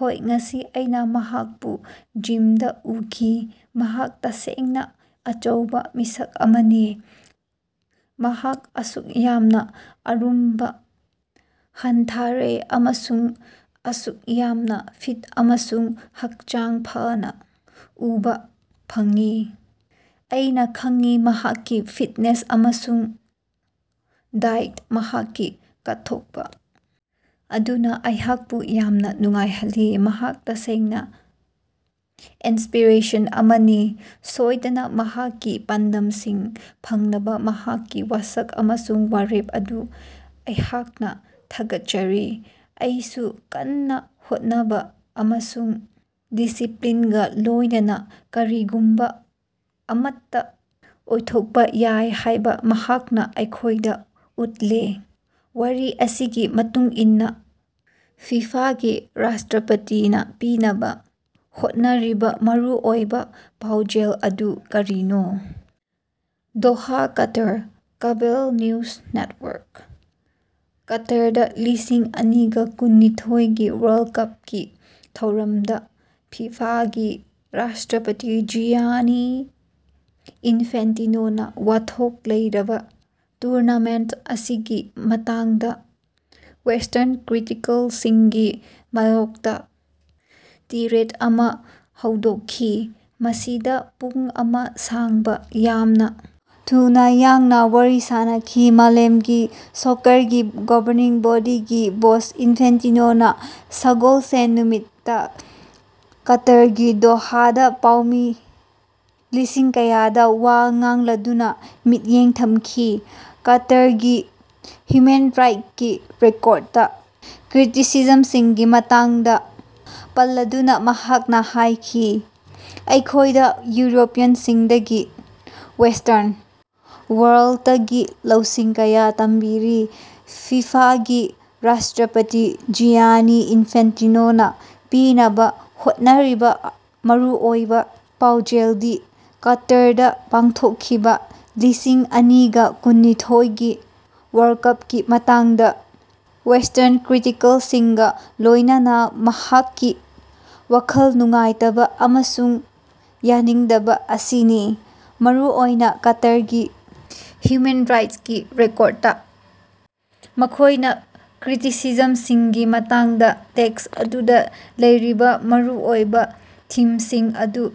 ꯍꯣꯏ ꯉꯁꯤ ꯑꯩꯅ ꯃꯍꯥꯛꯄꯨ ꯖꯤꯝꯗ ꯎꯈꯤ꯫ ꯃꯍꯥꯛ ꯇꯁꯦꯡꯅ ꯑꯆꯧꯕ ꯃꯤꯁꯛ ꯑꯃꯅꯤ꯫ ꯃꯍꯥꯛ ꯑꯁꯨꯛ ꯌꯥꯝꯅ ꯑꯔꯨꯝꯕ ꯍꯟꯊꯔꯦ ꯑꯃꯁꯨꯡ ꯑꯁꯨꯛ ꯌꯥꯝꯅ ꯐꯤꯠ ꯑꯃꯁꯨꯡ ꯍꯛꯆꯥꯡ ꯐꯅ ꯎꯕ ꯐꯪꯏ꯫ ꯑꯩꯅ ꯈꯪꯏ꯫ ꯃꯍꯥꯛꯀꯤ ꯐꯤꯠꯅꯦꯁ ꯑꯃꯁꯨꯡ ꯗꯥꯏꯇ ꯃꯍꯥꯛꯀꯤ ꯀꯠꯊꯣꯛꯄ ꯑꯗꯨꯅ ꯑꯩꯍꯥꯛꯄꯨ ꯌꯥꯝꯅ ꯅꯨꯡꯉꯥꯏꯍꯜꯂꯤ꯫ ꯃꯍꯥꯛ ꯇꯁꯦꯡꯅ ꯏꯟꯁꯄꯤꯔꯦꯁꯟ ꯑꯃꯅꯤ꯫ ꯁꯣꯏꯗꯅ ꯃꯍꯥꯛꯀꯤ ꯄꯥꯟꯗꯝꯁꯤꯡ ꯐꯪꯅꯕ ꯃꯍꯥꯛꯀꯤ ꯋꯥꯁꯛ ꯑꯃꯁꯨꯡ ꯋꯥꯔꯦꯞ ꯑꯗꯨ ꯑꯩꯍꯥꯛꯅ ꯊꯥꯒꯠꯆꯔꯤ꯫ ꯑꯩꯁꯨ ꯀꯟꯅ ꯍꯣꯠꯅꯕ ꯑꯃꯁꯨꯡ ꯗꯤꯁꯤꯞꯂꯤꯟꯒ ꯂꯣꯏꯅꯅ ꯀꯔꯤꯒꯨꯝꯕ ꯑꯃꯠꯇ ꯑꯣꯏꯊꯣꯛꯄ ꯌꯥꯏ ꯍꯥꯏꯕ ꯃꯍꯥꯛꯅ ꯑꯩꯈꯣꯏꯗ ꯎꯠꯂꯦ꯫ ꯋꯥꯔꯤ ꯑꯁꯤꯒꯤ ꯃꯇꯨꯡ ꯏꯟꯅ ꯐꯤꯐꯥꯒꯤ ꯔꯥꯁ꯭ꯇꯔꯄꯇꯤꯅꯥ ꯄꯤꯅꯕ ꯍꯣꯠꯅꯔꯤꯕ ꯃꯔꯨꯑꯣꯏꯕ ꯄꯥꯎꯖꯦꯜ ꯑꯗꯨ ꯀꯔꯤꯅꯣ? Doha Qatar (cable news network) — ꯀꯇꯥꯔꯗ ꯂꯤꯁꯤꯡ ꯑꯅꯤꯒ ꯀꯨꯟꯅꯤꯊꯣꯏꯒꯤ ꯋꯥꯔꯜꯗ ꯀꯄꯀꯤ ꯊꯧꯔꯝꯗ ꯐꯤꯐꯥꯒꯤ ꯔꯥꯁ꯭ꯇꯔꯄꯇꯤ ꯖꯤꯌꯥꯅꯤ ꯏꯅꯐꯦꯟꯇꯤꯅꯣꯅꯥ ꯋꯥꯊꯣꯛ ꯂꯩꯔꯕ ꯇꯨꯔꯅꯥꯃꯦꯟꯇ ꯑꯁꯤꯒꯤ ꯃꯇꯥꯡꯗ ꯋꯦꯁ꯭ꯇꯔꯟ ꯀ꯭ꯔꯤꯇꯤꯀꯦꯜꯁꯤꯡꯒꯤ ꯃꯥꯌꯣꯛꯇ ꯇꯤꯔꯦꯗ ꯑꯃ ꯍꯧꯗꯣꯛꯈꯤ꯫ ꯃꯁꯤꯗ ꯄꯨꯡ ꯑꯃ ꯁꯥꯡꯕ ꯌꯥꯝꯅ ꯊꯨꯅ ꯌꯥꯡꯅ ꯋꯥꯔꯤ ꯁꯥꯅꯈꯤ꯫ ꯃꯥꯂꯦꯝꯒꯤ ꯁꯣꯀꯔꯒꯤ ꯒꯕꯔꯅꯤꯡ ꯕꯣꯗꯤꯒꯤ ꯕꯣꯁ ꯏꯅꯐꯦꯟꯇꯤꯅꯣꯅꯥ ꯁꯒꯣꯜꯁꯦꯟ ꯅꯨꯃꯤꯠꯇ ꯀꯇꯥꯔꯒꯤ ꯗꯣꯍꯥꯗꯥ ꯄꯥꯎꯃꯤ ꯂꯤꯁꯤꯡ ꯀꯌꯥꯗ ꯋꯥ ꯉꯥꯡꯂꯗꯨꯅ ꯃꯤꯠꯌꯦꯡ ꯊꯝꯈꯤ꯫ ꯀꯇꯥꯔꯒꯤ ꯍ꯭ꯌꯨꯃꯦꯟ ꯔꯥꯏꯠꯁꯀꯤ ꯔꯦꯀꯣꯔꯗꯇ ꯀ꯭ꯔꯤꯇꯤꯁꯤꯖꯝꯁꯤꯡꯒꯤ ꯃꯇꯥꯡꯗꯥ ꯄꯜꯂꯗꯨꯅꯥ ꯃꯍꯥꯛꯅꯥ ꯍꯥꯏꯈꯤ, "ꯑꯩꯈꯣꯏꯗ ꯌꯨꯔꯣꯄꯤꯌꯟꯁꯤꯡꯗꯒꯤ, ꯋꯦꯁ꯭ꯇꯔꯟ ꯋꯥꯔꯜꯗꯇꯒꯤ ꯂꯧꯁꯤꯡ ꯀꯌꯥ ꯇꯝꯕꯤꯔꯤ꯫" ꯐꯤꯐꯥꯒꯤ ꯔꯥꯁ꯭ꯇꯔꯄꯇꯤ ꯖꯤꯌꯥꯅꯤ ꯏꯅꯐꯦꯟꯇꯤꯅꯣꯅꯥ ꯄꯤꯅꯕ ꯍꯣꯠꯅꯔꯤꯕ ꯃꯔꯨꯑꯣꯏꯕ ꯄꯥꯎꯖꯦꯜꯗꯤ ꯀꯇꯥꯔꯗꯥ ꯄꯥꯡꯊꯣꯛꯈꯤꯕ ꯂꯤꯁꯤꯡ ꯑꯅꯤꯒ ꯀꯨꯟꯅꯤꯊꯣꯏꯒꯤ ꯋꯥꯔꯜꯗ ꯀꯄꯀꯤ ꯃꯇꯥꯡꯗ ꯋꯦꯁ꯭ꯇꯔꯟ ꯀ꯭ꯔꯤꯇꯤꯀꯦꯜꯁꯤꯡꯒ ꯂꯣꯏꯅꯅ ꯃꯍꯥꯛꯀꯤ ꯋꯥꯈꯜ ꯅꯨꯡꯉꯥꯏꯇꯕꯥꯑꯃꯁꯨꯡ ꯌꯥꯅꯤꯡꯗꯕ ꯑꯁꯤꯅꯤ꯫ ꯃꯔꯨꯑꯣꯏꯅ ꯀꯇꯥꯔꯒꯤ ꯍ꯭ꯌꯨꯃꯦꯟ ꯔꯥꯏꯠꯁꯀꯤ ꯔꯦꯀꯣꯔꯗꯇ ꯃꯈꯣꯏꯅ ꯀ꯭ꯔꯤꯇꯤꯁꯤꯖꯝꯁꯤꯡꯒꯤ ꯃꯇꯥꯡꯗ ꯇꯦꯛꯁ ꯑꯗꯨꯗ ꯂꯩꯔꯤꯕ ꯃꯔꯨꯑꯣꯏꯕ ꯊꯤꯝꯁꯤꯡ ꯑꯗꯨ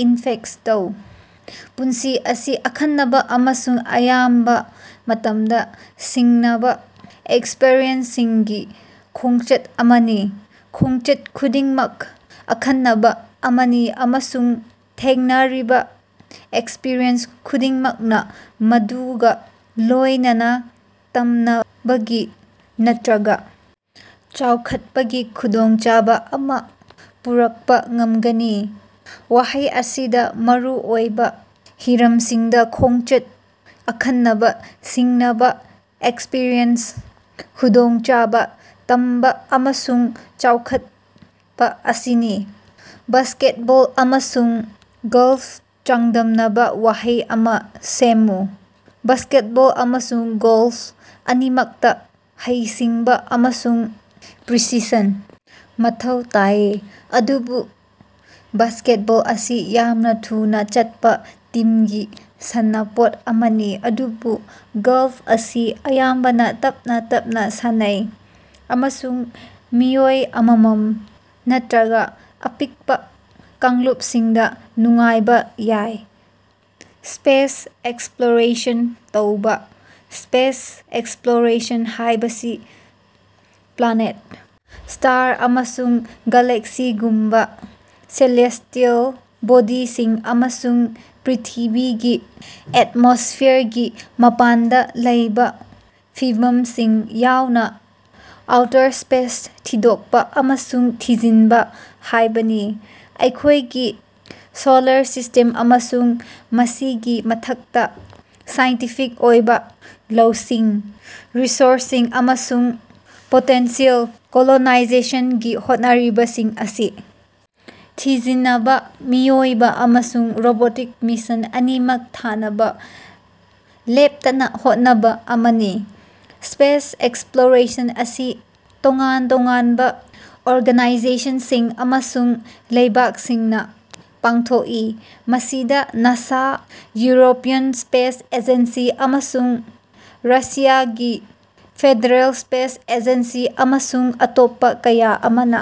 ꯏꯟꯐꯦꯛꯇ ꯇꯧ꯫ ꯄꯨꯟꯁꯤ ꯑꯁꯤ ꯑꯈꯟꯅꯕ ꯑꯃꯁꯨꯡ ꯑꯌꯥꯝꯕ ꯃꯇꯝꯗ ꯁꯤꯡꯅꯕ ꯑꯦꯛꯁꯄꯔꯤꯌꯦꯟꯁꯁꯤꯡꯒꯤ ꯈꯣꯡꯆꯠ ꯑꯃꯅꯤ꯫ ꯈꯣꯡꯆꯠ ꯈꯨꯗꯤꯡꯃꯛ ꯑꯈꯟꯅꯕ ꯑꯃꯅꯤ ꯑꯃꯁꯨꯡ ꯊꯦꯡꯅꯔꯤꯕ ꯑꯦꯛꯁꯄꯔꯤꯌꯦꯟꯁ ꯈꯨꯗꯤꯡꯃꯛꯅ ꯃꯗꯨꯒ ꯂꯣꯏꯅꯅ ꯇꯝꯅꯕꯒꯤ ꯅꯠꯇ꯭ꯔꯒ ꯆꯥꯎꯈꯠꯄꯒꯤ ꯈꯨꯗꯣꯡꯆꯥꯕ ꯑꯃꯥ ꯄꯨꯔꯛꯄ ꯉꯝꯒꯅꯤ꯫ ꯋꯥꯍꯩ ꯑꯁꯤꯗ ꯃꯔꯨ ꯑꯣꯏꯕ ꯍꯤꯔꯝꯁꯤꯡꯗꯤ ꯈꯣꯡꯆꯠ, ꯑꯈꯟꯅꯕ, ꯁꯤꯡꯅꯕ ꯑꯦꯛꯁꯄꯔꯤꯌꯦꯟꯁ, ꯈꯨꯗꯣꯡꯆꯥꯕ, ꯇꯝꯕ ꯑꯃꯁꯨꯡ ꯆꯥꯎꯈꯠꯄ ꯑꯁꯤꯅꯤ꯫ ꯕꯥꯁ꯭ꯀꯦꯠꯕꯣꯜ ꯑꯃꯁꯨꯡ ꯒꯜꯐꯀ ꯆꯥꯡꯗꯝꯅꯕ ꯋꯥꯍꯩ ꯑꯃ ꯁꯦꯝꯃꯨ꯫ ꯕꯥꯁ꯭ꯀꯦꯠꯕꯣꯜ ꯑꯃꯁꯨꯡ ꯒꯜꯐ ꯑꯅꯤꯃꯛꯇ ꯍꯩꯁꯤꯡꯕ ꯑꯃꯁꯨꯡ ꯄ꯭ꯔꯤꯁꯤꯁꯟ ꯃꯊꯧ ꯇꯥꯏ꯫ ꯑꯗꯨꯕꯨ ꯕꯥꯁ꯭ꯀꯦꯠꯕꯣꯜ ꯑꯁꯤ ꯌꯥꯝꯅ ꯊꯨꯅ ꯆꯠꯄ ꯇꯤꯝꯒꯤ ꯁꯥꯟꯅꯄꯣꯠ ꯑꯃꯅꯤ꯫ ꯑꯗꯨꯕꯨ ꯒꯜꯐ ꯑꯁꯤ ꯑꯌꯥꯝꯕꯅ ꯇꯞꯅ ꯇꯞꯅ ꯁꯥꯟꯅꯩ ꯑꯃꯁꯨꯡ ꯃꯤꯑꯣꯏ ꯑꯃꯃꯝ ꯅꯠꯇ꯭ꯔꯒ ꯑꯄꯤꯛꯄ ꯀꯥꯡꯂꯨꯄꯁꯤꯡꯗ ꯅꯨꯡꯉꯥꯏꯕ ꯌꯥꯏ꯫ ꯁ꯭ꯄꯦꯁ ꯑꯦꯛꯁꯞꯂꯣꯔꯦꯁꯟ ꯇꯧꯕ꯫ ꯁ꯭ꯄꯦꯁ ꯑꯦꯛꯁꯞꯂꯣꯔꯦꯁꯟ ꯍꯥꯏꯕꯁꯤ ꯄ꯭ꯂꯥꯅꯦꯠ, ꯁ꯭ꯇꯥꯔ ꯑꯃꯁꯨꯡ ꯒꯦꯂꯦꯛꯁꯤꯒꯨꯝꯕ ꯁꯦꯂꯦꯁ꯭ꯇꯤꯑꯦꯜ ꯕꯣꯗꯤꯁꯤꯡ ꯑꯃꯁꯨꯡ ꯄ꯭ꯔ꯭ꯤꯊꯤꯕꯤꯒꯤ ꯑꯦꯇꯃꯣꯁ꯭ꯐꯤꯌꯔꯒꯤ ꯃꯄꯥꯟꯗ ꯂꯩꯕ ꯐꯤꯚꯝꯁꯤꯡ ꯌꯥꯎꯅ ꯑꯥꯎꯇꯔ ꯁ꯭ꯄꯦꯁ ꯊꯤꯗꯣꯛꯄ ꯑꯃꯁꯨꯡ ꯊꯤꯖꯤꯟꯕ ꯍꯥꯏꯕꯅꯤ꯫ ꯑꯩꯈꯣꯏꯒꯤ ꯁꯣꯂꯥꯔ ꯁꯤꯁ꯭ꯇꯦꯝ, ꯑꯃꯁꯨꯡ ꯃꯁꯤꯒꯤ ꯃꯊꯛꯇ, ꯁꯥꯏꯟꯇꯤꯐꯤꯛ ꯑꯣꯏꯕ ꯂꯧꯁꯤꯡ, ꯔꯤꯁꯣꯔꯁꯁꯤꯡ, ꯑꯃꯁꯨꯡ ꯄꯣꯇꯦꯟꯁꯤꯌꯦꯜ ꯀꯣꯂꯣꯅꯥꯏꯖꯦꯁꯟꯒꯤ ꯍꯣꯠꯅꯔꯤꯕꯁꯤꯡ ꯑꯁꯤ ꯊꯤꯖꯤꯟꯅꯕ ꯃꯤꯑꯣꯏꯕ ꯑꯃꯁꯨꯡ ꯔꯣꯕꯣꯇꯤꯛ ꯃꯤꯁꯟ ꯑꯅꯤꯃꯛ ꯊꯥꯅꯕ ꯂꯦꯞꯇꯅ ꯍꯣꯠꯅꯕ ꯑꯃꯅꯤ꯫ ꯁ꯭ꯄꯦꯁ ꯑꯦꯛꯁꯞꯂꯣꯔꯦꯁꯟ ꯑꯁꯤ ꯇꯣꯉꯥꯟ ꯇꯣꯉꯥꯟꯕ ꯑꯣꯔꯒꯅꯥꯏꯖꯦꯁꯅꯁꯤꯡ ꯑꯃꯁꯨꯡ ꯂꯩꯕꯥꯛꯁꯤꯡꯅ ꯄꯥꯡꯊꯣꯛꯏ꯫ ꯃꯁꯤꯗ ꯅꯥꯁꯥ, ꯌꯨꯔꯣꯄꯤꯌꯟ ꯁ꯭ꯄꯦꯁ ꯑꯦꯖꯦꯟꯁꯤ, ꯑꯃꯁꯨꯡ ꯔꯁꯤꯌꯥꯒꯤ ꯐꯦꯗꯔꯦꯜ ꯁ꯭ꯄꯦꯁ ꯑꯦꯖꯦꯟꯁꯤ, ꯑꯃꯁꯨꯡ ꯑꯇꯣꯞꯄ ꯀꯌꯥ ꯑꯃꯅ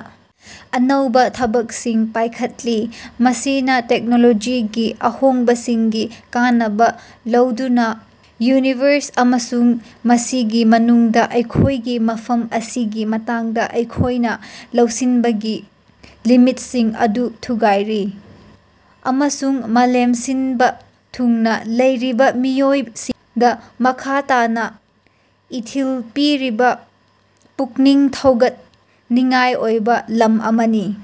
ꯑꯅꯧꯕ ꯊꯕꯛꯁꯤꯡ ꯄꯥꯏꯈꯠꯂꯤ꯫ ꯃꯁꯤꯅ ꯇꯦꯛꯅꯣꯂꯣꯖꯤꯒꯤ ꯑꯍꯣꯡꯕꯁꯤꯡꯒꯤ ꯀꯥꯟꯅꯕ ꯂꯧꯗꯨꯅ ꯌꯨꯅꯤꯚꯔꯁ ꯑꯃꯁꯨꯡ ꯃꯁꯤꯒꯤ ꯃꯅꯨꯡꯗ ꯑꯩꯈꯣꯏꯒꯤ ꯃꯐꯝ ꯑꯁꯤꯒꯤ ꯃꯇꯥꯡꯗ ꯑꯩꯈꯣꯏꯅ ꯂꯧꯁꯤꯟꯕꯒꯤ ꯂꯤꯃꯤꯠꯁꯤꯡ ꯑꯗꯨ ꯊꯨꯒꯥꯏꯔꯤ꯫ ꯑꯃꯁꯨꯡ ꯃꯥꯂꯦꯝ ꯁꯤꯟꯕ ꯊꯨꯡꯅ ꯂꯩꯔꯤꯕ ꯃꯤꯑꯣꯏꯁꯤꯡꯗ ꯃꯈꯥ ꯇꯥꯅ ꯏꯊꯤꯜ ꯄꯤꯔꯤꯕ ꯄꯨꯛꯅꯤꯡ ꯊꯧꯒꯠꯅꯤꯡꯉꯥꯏ ꯑꯣꯏꯕ ꯂꯝ ꯑꯃꯅꯤ꯫